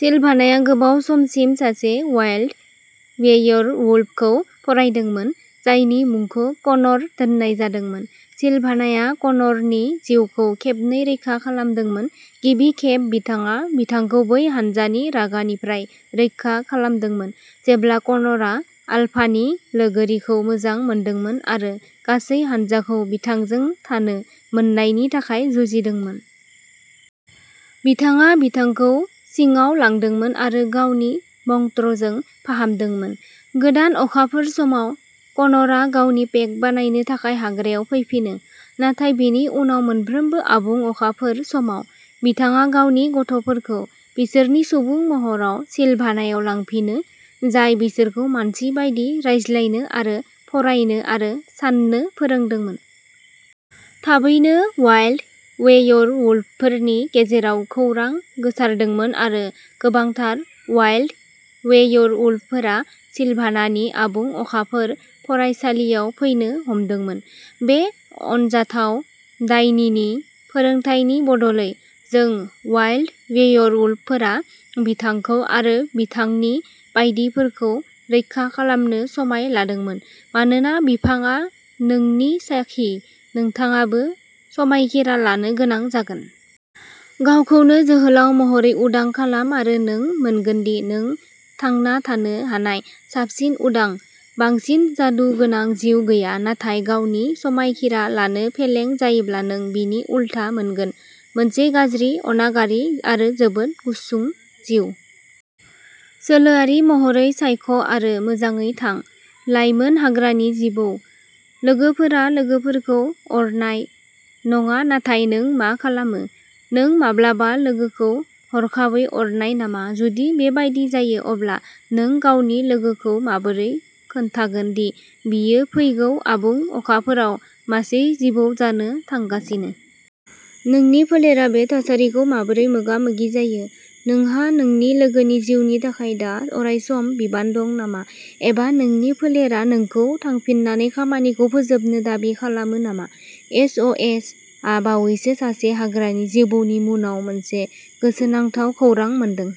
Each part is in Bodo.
सिलभानाया गोबाव समसिम सासे वाइल्ड वेयरवुल्फखौ फरायदोंमोन, जायनि मुंखौ कनर दोननाय जादोंमोन। सिलभानाया कनरनि जिउखौ खेबनै रैखा खालामदोंमोन। गिबि खेब बिथाङा बिथांखौ बै हान्जानि रागानिफ्राय रैखा खालामदोंमोन जेब्ला कनरआ आल्फानि लोगोरिखौ मोजां मोनदोंमोन आरो गासै हान्जाखौ बिथांजों थानो मोन्नायनि थाखाय जुजिदोंमोन। बिथाङा बिथांखौ सिङाव लांदोंमोन आरो गावनि मंत्रजों फाहामदोंमोन। गोदान अखाफोर समाव, कनरआ गावनि पेक बानायनो थाखाय हाग्रायाव फैफिनो, नाथाय बेनि उनाव मोनफ्रोमबो आबुं अखाफोर समाव, बिथाङा गावनि गथ'फोरखौ बिसोरनि सुबुं महराव सिलभानायाव लांफिनो, जाय बिसोरखौ मानसि बायदि रायज्लायनो आरो फरायनो आरो साननो फोरोंदोंमोन। थाबैनो वाइल्ड वेयरवुल्फफोरनि गेजेराव खौरां गोसारदोंमोन आरो गोबांथार वाइल्ड वेयरवुल्फफोरा सिलभानानि आबुं अखाफोर फरायसालियाव फैनो हमदोंमोन। बे अनजाथाव डायनिनि फोरोंथायनि बदलै, जों वाइल्ड वेयरवुल्फफोरा बिथांखौ आरो बिथांनि बायदिफोरखौ रैखा खालामनो समाय लादोंमोन। मानोना बिफांआ नोंनि साखि, नोंथाङाबो समायखिरा लानो गोनां जागोन। गावखौनो जोहोलाव महरै उदां खालाम आरो नों मोनगोन दि नों थांना थानो हानाय साबसिन उदां, बांसिन जादुगोनां जिउ गैया। नाथाय गावनि समायखिरा लानो फेलें जायोब्ला नों बिनि उलथा मोनगोन, मोनसे गाज्रि, अनागारि आरो जोबोद गुसुं जिउ। सोलोआरि महरै सायख'आरो मोजाङै थां, लाइमोन हाग्रानि जिबौ। लोगोफोरा लोगोफोरखौ अरनाय नङा-नाथाय नों मा खालामो? नों माब्लाबा लोगोखौ हरखाबै अरनाय नामा? जुदि बेबादि जायो, अब्ला नों गावनि लोगोखौ माबोरै खोन्थागोन दि बियो फैगौ आबुं अखाफोराव मासे जिबौ जानो थांगासिनो? नोंनि फोलेरा बे थासारिखौ माबोरै मोगा-मोगि जायो? नोंहा नोंनि लोगोनि जिउनि थाखाय दा अरायसम बिबान दं नामा? एबा नोंनि फोलेरा नोंखौ थांफिननानै खामानिखौ फोजोबनो दाबि खालामो नामा? एस. अ. एस. आ बावैसो सासे हाग्रानि जिबौनि मुनाव मोनसे गोसोनांथाव खौरां मोनदों।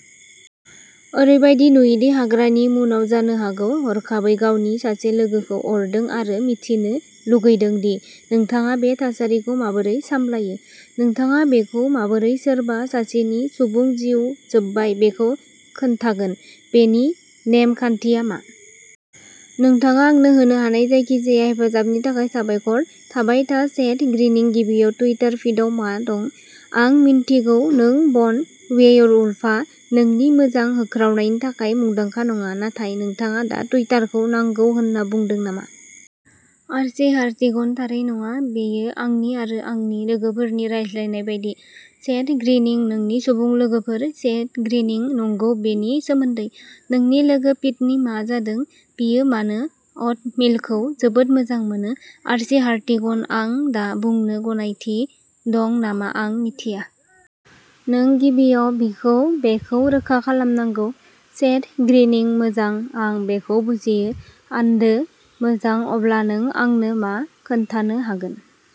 ओरैबायदि नुयो दि हाग्रानि मुनाव जानो हागौ। हरखाबै गावनि सासे लोगोखौ अरदों आरो मिथिनो लुगैदों दि नोंथाङा बे थासारिखौ माबोरै सामलायो। नोंथाङा बेखौ माबोरै सोरबा सासेनि सुबुं जिउ जोबबाय बेखौ खोन्थागोन? बेनि नेम-खान्थिया मा? नोंथाङा आंनो होनो हानाय जायखिजाया हेफाजाबनि थाखाय साबायखर। थाबाय था। सेथ ग्रिनिं, गिबियाव टुइटार फिडआव मा दं? आं मिन्थिगौ नों बन वेयरवुल्फआ नोंनि मोजां होख्रावनायनि थाखाय मुंदांखा नङा, नाथाय नोंथाङा दा टुइटारखौ नांगौ होनना बुंदों नामा? आर्ची हार्टिगनः थारै नङा। बेयो आंनि आरो आंनि लोगोफोरनि रायज्लायनाय बायदि। सेथ ग्रिनिंः नोंनि सुबुं लोगोफोर? सेथ ग्रिनिंः नंगौ बेनि सोमोन्दै। नोंनि लोगो पिटनि मा जादों? बियो मानो अ'टमिलखौ जोबोद मोजां मोनो? आर्ची हार्टिगनः आं दा बुंनो गनायथि दं नामा आं मिथिया। नों गिबियाव बिखौ बेखौ रोखा खालामनांगौ। सेथ ग्रिनिंः मोजां, आं बेखौ बुजियो। आन्दो। मोजां। अब्ला नों आंनो मा खोन्थानो हागोन?